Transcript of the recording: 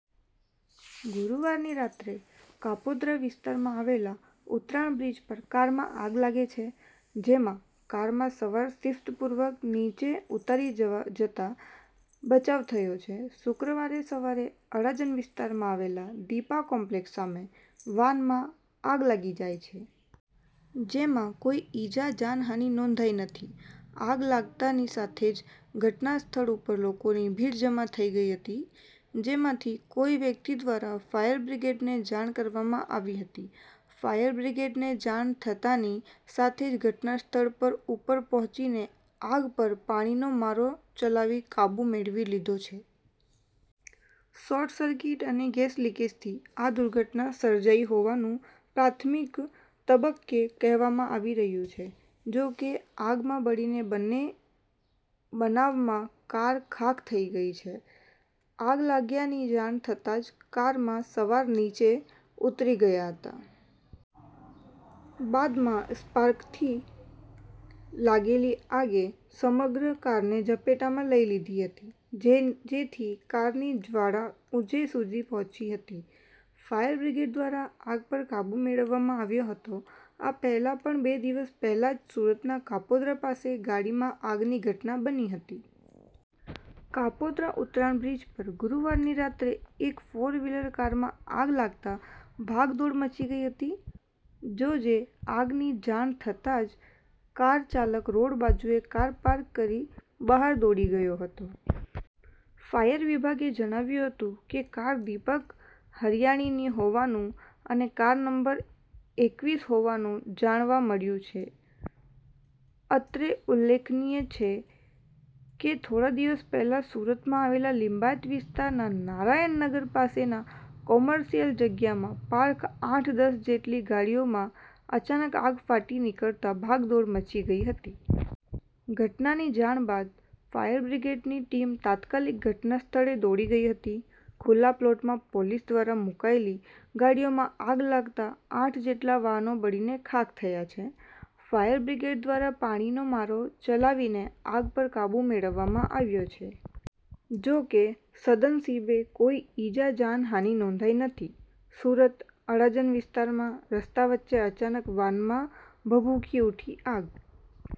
ગુરૂવારની રાત્રે કાપોદ્રા વિસ્તારમાં આવેલા ઉતરાણ બ્રિજ પર કારમાં આગ લાગે છે. જેમાં કારમાં સવાર સિફ્તપૂર્વક નીચે ઉતરી જતા બચાવ થયો છે. શુક્રવારે સવારે અડાજણ વિસ્તારમાં આવેલા દીપા કોમ્પલેક્સ સામે વાનમાં આગ લાગી જાય છે. જેમાં કોઈ ઈજા જાનહાનિ નોંધાઈ નથી. આગ લાગતાની સાથે જ ઘટના સ્થળ ઉપર લોકોની ભીડ જમા થઈ ગઈ હતી. જેમાંથી કોઈ વ્યક્તિ દ્વારા ફાયરબ્રિગેડને જાણ કરવામાં આવી હતી. ફાયરબ્રિગેડને જાણ થતાની સાથે જ ઘટના સ્થળ ઉપર પહોચીને આગ પર પાણીનો મારો ચલાવી કાબૂ મેળવી લીધો છે. શોર્ટ સર્કિટ અને ગેસ લિકેઝથી આ દુર્ઘટના સર્જાઈ હોવાનું પ્રાથમિક તબક્કે કહેવામાં આવી રહ્યું છે. જો કે આગમાં બળીને બન્ને બનાવમાં કાર ખાક થઈ ગઈ છે. આગ લાગ્યાની જાણ થતાં જ કારમાં સવાર નીચે ઉતરી ગયા હતાં. બાદમાં સ્પાર્કથી લાગેલી આગે સમગ્ર કારને ઝપેટમાં લઈ લીધી હતી. જેથી કારની જવાળા ઉંચે સુધી પહોંચી હતી. ફાયરબ્રિગેડ દ્વારા આગ પર કાબૂ મેળવવામાં આવ્યો હતો. આ પહેલા પણ બે દિવસ પહેલા જ સુરતના કાપોદ્રા પાસે ગાડીમાં આગની ઘટના બની હતી. કાપોદ્રા ઉતરાણ બ્રિજ પર ગુરુવારની રાત્રે એક ફોર વ્હીલ કારમાં આગ લાગતા ભાગદોડ મચી ગઈ હતી. જોજે આગ ની જાણ થતાં જ કાર ચાલક રોડ બાજુએ કાર પાર્ક કરી બહાર દોડી ગયો હતો. ફાયર વિભાગે જણાવ્યું હતું કે, કાર દિપક હરિયાણીની હોવાનું અને કાર નંબર એકવીસ હોવાનું જાણવા મળ્યું છે. અત્રે ઉલેખનીય છે કે, થોડા દિવસ પહેલા જ સુરતમાં આવેલ લિંબાયત વિસ્તારના નારાયણ નગર પાસેના કોમર્શિયલ જગ્યામાં પાર્ક આઠ-દસ જેટલી ગાડીઓમાં અચાનક આગ ફાટી નીકળતા ભાગદોડ મચી ગઇ હતી. ઘટનાની જાણ બાદ ફાયર બ્રિગેડ ની ટીમ તાત્કાલિક ઘટના સ્થળે દોડી ગઈ હતી. ખુલ્લા પ્લોટમાં પોલીસ દ્વારા મુકાયેલી ગાડીઓમાં આગ લાગતાં આઠ જેટલા વાહનો બળીને ખાક થયા છે. ફાયરબ્રિગેડ દ્વારા પાણીનો મારો ચલાવીને આગ પર કાબૂ મેળવવામાં આવ્યો છે. જોકે, સદનસીબે કોઈ ઈજા જાન હાનિ નોંધાઈ નથી. સુરત: અડાજણ વિસ્તારમાં રસ્તા વચ્ચે અચાનક વાનમાં ભભૂકી ઉઠી આગ.